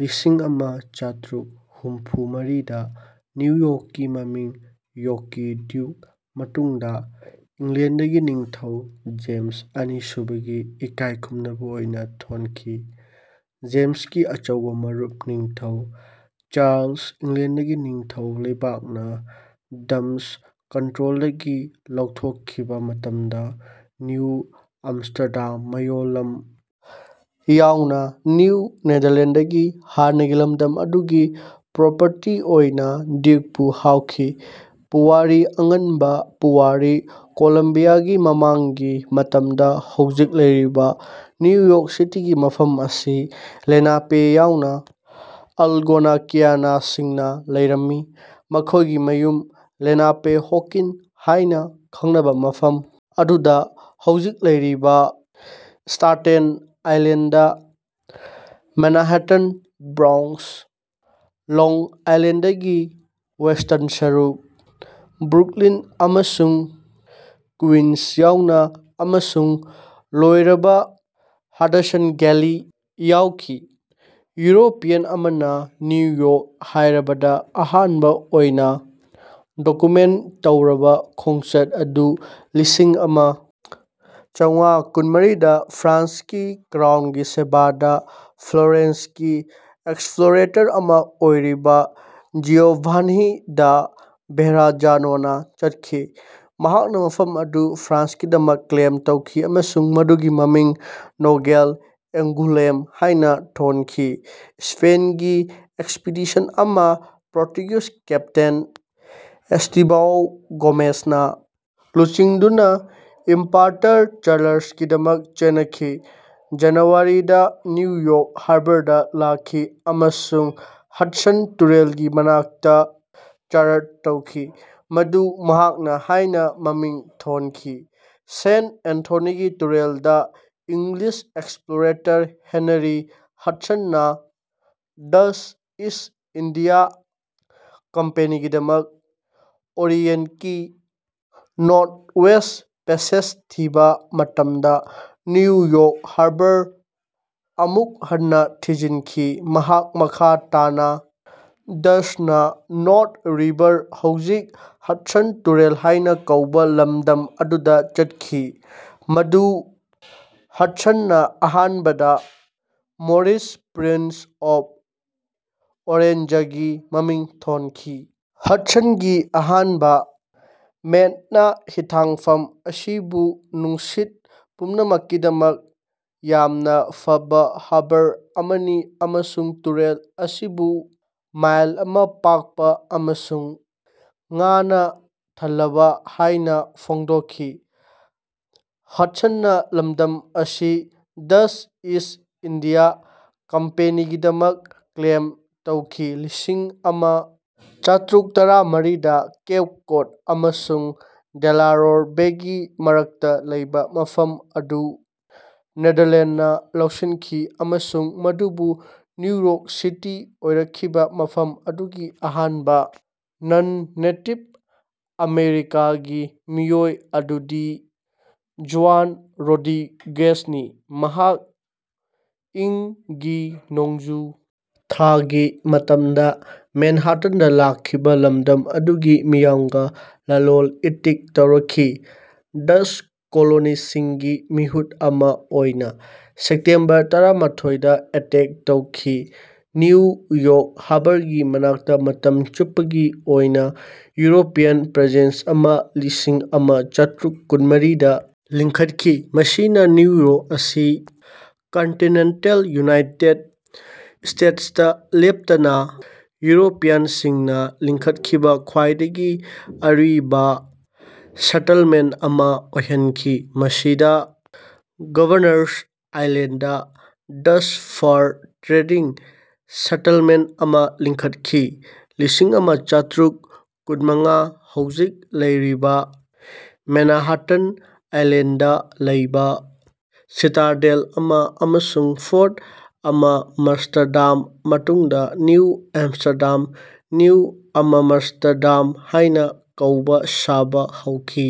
ꯂꯤꯁꯤꯡ ꯑꯃ ꯆꯥꯇ꯭ꯔꯨꯛ ꯍꯨꯝꯐꯨꯃꯔꯤꯗꯥ ꯅ꯭ꯌꯨ ꯌꯣꯛꯀꯤ ꯃꯃꯤꯡ ꯌꯣꯛꯀꯤ ꯗ꯭ꯌꯨꯛ ꯃꯇꯨꯡꯗꯥ ꯏꯪꯂꯦꯟꯗꯒꯤ ꯅꯤꯡꯊꯧ ꯖꯦꯃꯁ ꯑꯅꯤꯁꯨꯕꯥꯒꯤ ꯏꯀꯥꯏ ꯈꯨꯝꯅꯕꯥ ꯑꯣꯏꯅꯥ ꯊꯣꯟꯈꯤ꯫ ꯖꯦꯝꯁꯀꯤ ꯑꯆꯧꯕꯥ ꯃꯔꯨꯞ ꯅꯤꯡꯊꯧ ꯆꯥꯔꯂꯁ ꯏꯪꯂꯦꯟꯗꯒꯤ ꯅꯤꯡꯊꯧ ꯂꯩꯕꯥꯛꯅꯥ ꯗꯆ꯭ꯁ ꯀꯟꯇ꯭ꯔꯣꯜꯗꯒꯤ ꯂꯧꯊꯣꯛꯈꯤꯕꯥ ꯃꯇꯝꯗꯥ ꯅ꯭ꯌꯨ ꯑꯃꯃꯁ꯭ꯇꯔꯗꯥꯝ ꯃꯌꯣꯜꯂꯝ ꯌꯥꯎꯅꯥ ꯅ꯭ꯌꯨ ꯅꯦꯗꯥꯔꯂꯦꯟꯗꯒꯤ ꯍꯥꯟꯅꯒꯤ ꯂꯝꯗꯝ ꯑꯗꯨꯒꯤ ꯄ꯭ꯔꯣꯄꯔꯇꯤ ꯑꯣꯏꯅꯥ ꯗ꯭ꯌꯨꯛꯄꯨ ꯍꯥꯞꯈꯤ꯫ ꯄꯨꯋꯥꯔꯤ ꯑꯉꯟꯕ ꯄꯨꯋꯥꯔꯤ ꯀꯣꯂꯝꯕꯤꯌꯥꯒꯤ ꯃꯃꯥꯡꯒꯤ ꯃꯇꯝꯗꯥ ꯍꯧꯖꯤꯛ ꯂꯩꯔꯤꯕꯥ ꯅ꯭ꯌꯨ ꯌꯣꯔꯛ ꯁꯤꯇꯤꯒꯤ ꯃꯐꯝ ꯑꯁꯤ ꯂꯦꯅꯥꯄꯦ ꯌꯥꯎꯅꯥ ꯑꯜꯒꯣꯅꯀꯤꯌꯥꯅꯁꯤꯡꯅꯥ ꯂꯩꯔꯝꯃꯤ꯫ ꯃꯈꯣꯏꯒꯤ ꯃꯌꯨꯝ ꯂꯦꯅꯥꯄꯦꯍꯣꯀꯤꯡ ꯍꯥꯏꯅꯥ ꯈꯪꯅꯕꯥ ꯃꯐꯝ ꯑꯗꯨꯗꯥ ꯍꯧꯖꯤꯛ ꯂꯩꯔꯤꯕꯥ Staten Island Manhattan Bronx Long ꯑꯥꯏꯂꯦꯟꯗꯒꯤ ꯋꯦꯁ꯭ꯇꯔꯟ ꯁꯔꯨꯛ ꯕ꯭ꯔꯨꯛꯂꯤꯟ ꯑꯃꯁꯨꯡ ꯀꯨꯏꯅꯁ ꯌꯥꯎꯅꯥ ꯑꯃꯁꯨꯡ ꯂꯣꯏꯔꯕꯥ ꯍꯗꯁꯟ ꯚꯦꯂꯤ ꯌꯥꯎꯈꯤ꯫ ꯌꯨꯔꯣꯄꯤꯌꯟ ꯑꯃꯅꯥ ꯅ꯭ꯌꯨ ꯌꯣꯔꯛ ꯍꯥꯔꯕꯔꯗꯥ ꯑꯍꯥꯟꯕꯥ ꯑꯣꯏꯅꯥ ꯗꯣꯀꯨꯃꯦꯟꯠ ꯇꯧꯔꯕꯥ ꯈꯣꯡꯆꯠ ꯑꯗꯨ ꯂꯤꯁꯤꯡ ꯑꯃ ꯆꯧꯉꯥ ꯀꯨꯟꯃꯔꯤꯗꯥ ꯐ꯭ꯔꯥꯟꯁꯀꯤ ꯀ꯭ꯔꯥꯎꯟꯒꯤ ꯁꯦꯕꯥꯗꯥ ꯐ꯭ꯂꯣꯔꯦꯟꯁꯀꯤ ꯑꯦꯛꯁꯄ꯭ꯂꯣꯔꯦꯇꯔ ꯑꯃꯥ ꯑꯣꯏꯔꯤꯕꯥ ꯖꯤꯑꯣꯚꯥꯅꯤ ꯗꯥ ꯚꯦꯔꯥꯖꯥꯅꯣꯅꯥ ꯆꯠꯈꯤ꯫ ꯃꯍꯥꯛꯅꯥ ꯃꯐꯝ ꯑꯗꯨ ꯐ꯭ꯔꯥꯟꯁꯀꯤꯗꯃꯛ ꯀ꯭ꯂꯦꯝ ꯇꯧꯈꯤ ꯑꯃꯁꯨꯡ ꯃꯗꯨꯒꯤ ꯃꯃꯤꯡ ꯅꯣꯚꯦꯜ ꯑꯦꯡꯒꯨꯂꯦꯝ ꯍꯥꯏꯅꯥ ꯊꯣꯟꯈꯤ꯫ ꯁ꯭ꯄꯦꯟꯒꯤ ꯑꯦꯛꯁꯄꯤꯗꯤꯁꯟ ꯑꯃꯥ ꯄꯣꯔꯇꯨꯒꯤꯖ ꯀꯦꯞꯇꯦꯟ ꯑꯦꯁ꯭ꯇꯦꯚꯥꯑꯣ ꯒꯣꯃꯦꯁꯅꯥ ꯂꯨꯆꯤꯡꯗꯨꯅꯥ ꯏꯝꯄꯥꯔꯇꯔ ꯆꯥꯔꯂꯁꯀꯤꯗꯃꯛ ꯆꯦꯅꯈꯤ꯫ ꯖꯅꯨꯋꯥꯔꯤ ꯗꯥ ꯅ꯭ꯌꯨ ꯏꯌꯔꯛ ꯍꯥꯔꯕꯔꯗꯥ ꯂꯥꯀꯈꯤ ꯑꯃꯁꯨꯡ ꯍꯗꯁꯟ ꯇꯨꯔꯦꯂꯒꯤ ꯃꯅꯥꯛꯇꯥ ꯆꯥꯔꯠ ꯇꯧꯈꯤ ꯃꯗꯨ ꯃꯍꯥꯛꯅꯥ ꯍꯥꯏꯅꯥ ꯃꯃꯤꯡ ꯊꯣꯟꯈꯤ ꯁꯦꯟꯇ ꯑꯦꯟꯊꯣꯅꯤꯒꯤ ꯇꯨꯔꯦꯜꯗꯥ ꯏꯪꯂꯤꯁ ꯑꯦꯛꯁꯄ꯭ꯂꯣꯔꯦꯇꯔ ꯍꯦꯅꯔꯤ ꯍꯗꯁꯟꯅꯥ ꯗꯆ꯭ꯁ ꯏꯁ꯭ꯠ ꯏꯟꯗꯤꯌꯥ ꯀꯝꯄꯦꯅꯤꯒꯤꯗꯃꯛ ꯑꯣꯔꯤꯑꯦꯟꯠꯀꯤ ꯅꯣꯔꯊꯋꯦꯁ꯭ꯠ ꯄꯦꯁꯦꯖ ꯊꯤꯕꯥ ꯃꯇꯝꯗꯥ ꯅ꯭ꯌꯨ ꯌꯣꯔꯛ ꯍꯥꯔꯕꯔ ꯑꯃꯨꯛ ꯍꯟꯅꯥ ꯊꯤꯖꯤꯟꯈꯤ꯫ ꯃꯍꯥꯛ ꯃꯈꯥ ꯇꯥꯅꯥ ꯗꯆ꯭ꯁꯅꯥ ꯅꯣꯔꯊ ꯔꯤꯚꯔ ꯍꯧꯖꯤꯛ ꯍꯗꯁꯟ ꯇꯨꯔꯦꯜ ꯍꯥꯏꯅꯥ ꯀꯧꯕꯥ ꯂꯝꯗꯝ ꯑꯗꯨꯗꯥ ꯆꯠꯈꯤ ꯃꯗꯨ ꯍꯗꯁꯟꯅꯥ ꯑꯍꯥꯟꯕꯗꯥ ꯃꯣꯔꯤꯁꯁ ꯄ꯭ꯔꯤꯟꯁ ꯑꯣꯐ ꯑꯣꯔꯦꯟꯖꯒꯤ ꯃꯃꯤꯡ ꯊꯣꯟꯈꯤ꯫ ꯍꯗꯁꯟꯒꯤ ꯑꯍꯥꯟꯕꯥ ꯃꯦꯠꯅꯥ ꯍꯤꯊꯥꯡꯐꯝ ꯑꯁꯤꯕꯨ ꯅꯨꯡꯁꯤꯠ ꯄꯨꯝꯅꯃꯛꯀꯤꯗꯃꯛ ꯌꯥꯝꯅꯥ ꯐꯕꯥ ꯍꯥꯔꯕꯔ ꯑꯃꯅꯤ ꯑꯃꯁꯨꯡ ꯇꯨꯔꯦꯜ ꯑꯁꯤꯕꯨ ꯃꯥꯏꯜ ꯑꯃꯥ ꯄꯥꯛꯄꯥ ꯑꯃꯁꯨꯡ ꯉꯥꯅꯥ ꯊꯜꯂꯕꯥ ꯍꯥꯏꯅꯥ ꯐꯣꯡꯗꯣꯛꯈꯤ꯫ ꯍꯗꯁꯟꯅꯥ ꯂꯝꯗꯝ ꯑꯁꯤ ꯗꯆ꯭ꯁ ꯏꯁ꯭ꯠ ꯏꯟꯗꯤꯌꯥ ꯀꯝꯄꯦꯅꯤꯒꯤꯗꯃꯛ ꯀ꯭ꯂꯦꯝ ꯇꯧꯈꯤ꯫ ꯂꯤꯁꯤꯡ ꯑꯃ ꯆꯥꯇ꯭ꯔꯨꯛ ꯇꯔꯥꯃꯔꯤꯗ ꯀꯦꯞ ꯀꯣꯗ ꯑꯃꯁꯨꯡ ꯗꯦꯂꯥꯑꯣꯔ ꯕꯦꯒꯤ ꯃꯔꯛꯇꯥ ꯂꯩꯕꯥ ꯃꯐꯝ ꯑꯗꯨ ꯅꯦꯗꯥꯔꯂꯦꯟꯗꯅꯥ ꯂꯧꯁꯤꯟꯈꯤ ꯑꯃꯁꯨꯡ ꯃꯗꯨꯕꯨ ꯅ꯭ꯌꯨ ꯌꯣꯔꯛ ꯁꯤꯇꯤ ꯑꯣꯏꯔꯛꯈꯤꯕꯥ ꯃꯐꯝ ꯑꯗꯨꯒꯤ ꯑꯍꯥꯟꯕꯥ ꯅꯟ ꯅꯦꯇꯤꯕ ꯑꯃꯦꯔꯤꯀꯥꯒꯤ ꯃꯤꯑꯣꯏ ꯑꯗꯨꯗꯤ ꯖꯨꯌꯥꯟ ꯔꯣꯗ꯭ꯔꯤꯒꯦꯖꯅꯤ ꯃꯍꯥꯛ ꯏꯪ ꯒꯤ ꯅꯣꯡꯖꯨ ꯊꯥꯒꯤ ꯃꯇꯝꯗꯥ ꯃꯦꯟꯍꯥꯇꯟꯗꯥ ꯂꯥꯛꯈꯤꯕꯥ ꯂꯝꯗꯝ ꯑꯗꯨꯒꯤ ꯃꯤꯌꯥꯝꯒꯥ ꯂꯂꯣꯟ ꯏꯇꯤꯛ ꯇꯧꯔꯛꯈꯤ ꯗꯆ꯭ꯁ ꯀꯣꯂꯣꯅꯤꯁ꯭ꯠꯁꯤꯡꯒꯤ ꯃꯤꯍꯨꯠ ꯑꯃꯥ ꯑꯣꯏꯅꯥ꯫ ꯁꯦꯞꯇꯦꯝꯕꯔ ꯇꯔꯥꯃꯥꯊꯣꯏꯗꯥ ꯑꯦꯇꯦꯛ ꯇꯧꯈꯤ꯫ ꯅ꯭ꯌꯨ ꯌꯣꯔꯛ ꯍꯥꯔꯕꯔꯒꯤ ꯃꯅꯥꯛꯇꯥ ꯃꯇꯝ ꯆꯨꯞꯄꯒꯤ ꯑꯣꯏꯅꯥ ꯌꯨꯔꯣꯄꯤꯌꯟ ꯄ꯭ꯔꯦꯖꯦꯟꯁ ꯑꯃꯥ ꯂꯤꯁꯤꯡ ꯑꯃ ꯆꯥꯇ꯭ꯔꯨꯛ ꯀꯨꯟꯃꯔꯤꯗꯥ ꯂꯤꯡꯈꯠꯈꯤ ꯃꯁꯤꯅꯥ ꯅ꯭ꯌꯨ ꯌꯣꯔꯛ ꯑꯁꯤ ꯀꯟꯇꯤꯅꯦꯟꯇꯜ ꯌꯨꯅꯥꯏꯇꯦꯗ ꯁ꯭ꯇꯦꯇꯁꯇꯥ ꯂꯦꯞꯇꯅꯥ ꯌꯨꯔꯣꯄꯤꯌꯟꯁꯤꯡꯅꯥ ꯂꯤꯡꯈꯠꯈꯤꯕꯥ ꯈ꯭ꯋꯥꯏꯗꯒꯤ ꯑꯔꯤꯕꯥ ꯁꯦꯇꯜꯃꯦꯟꯠ ꯑꯃꯥ ꯑꯣꯏꯍꯟꯈꯤ ꯃꯁꯤꯗꯥ ꯒꯚꯔꯅꯔꯁ ꯑꯥꯏꯂꯦꯟꯗꯗꯥ ꯗꯆ꯭ꯁ ꯐꯔ ꯇ꯭ꯔꯦꯗꯤꯡ ꯁꯦꯇꯜꯃꯦꯟꯇꯠꯑꯃꯥ ꯂꯤꯡꯈꯠꯈꯤ꯫ ꯂꯤꯁꯤꯡ ꯑꯃ ꯆꯥꯇ꯭ꯔꯨꯛ ꯀꯨꯟꯃꯉꯥ ꯍꯧꯖꯤꯛ ꯂꯩꯔꯤꯕꯥ ꯃꯦꯅꯍꯥꯇꯟ ꯑꯥꯏꯂꯦꯟꯗꯗꯥ ꯂꯩꯕꯥ ꯁꯤꯇꯥꯗꯦꯜ ꯑꯃꯥ ꯑꯃꯁꯨꯡ ꯐꯣꯔꯠ ꯑꯃꯃꯁ꯭ꯇꯔꯗꯥꯝ ꯃꯇꯨꯡꯗꯥ ꯅꯤꯎ ꯑꯦꯝꯁ꯭ꯇꯔꯗꯥꯝ ꯅ꯭ꯌꯨ ꯑꯃꯃꯁ꯭ꯇꯔꯗꯥꯝ ꯍꯥꯏꯅꯥ ꯀꯧꯕꯥ ꯁꯥꯕꯥ ꯍꯧꯈꯤ꯫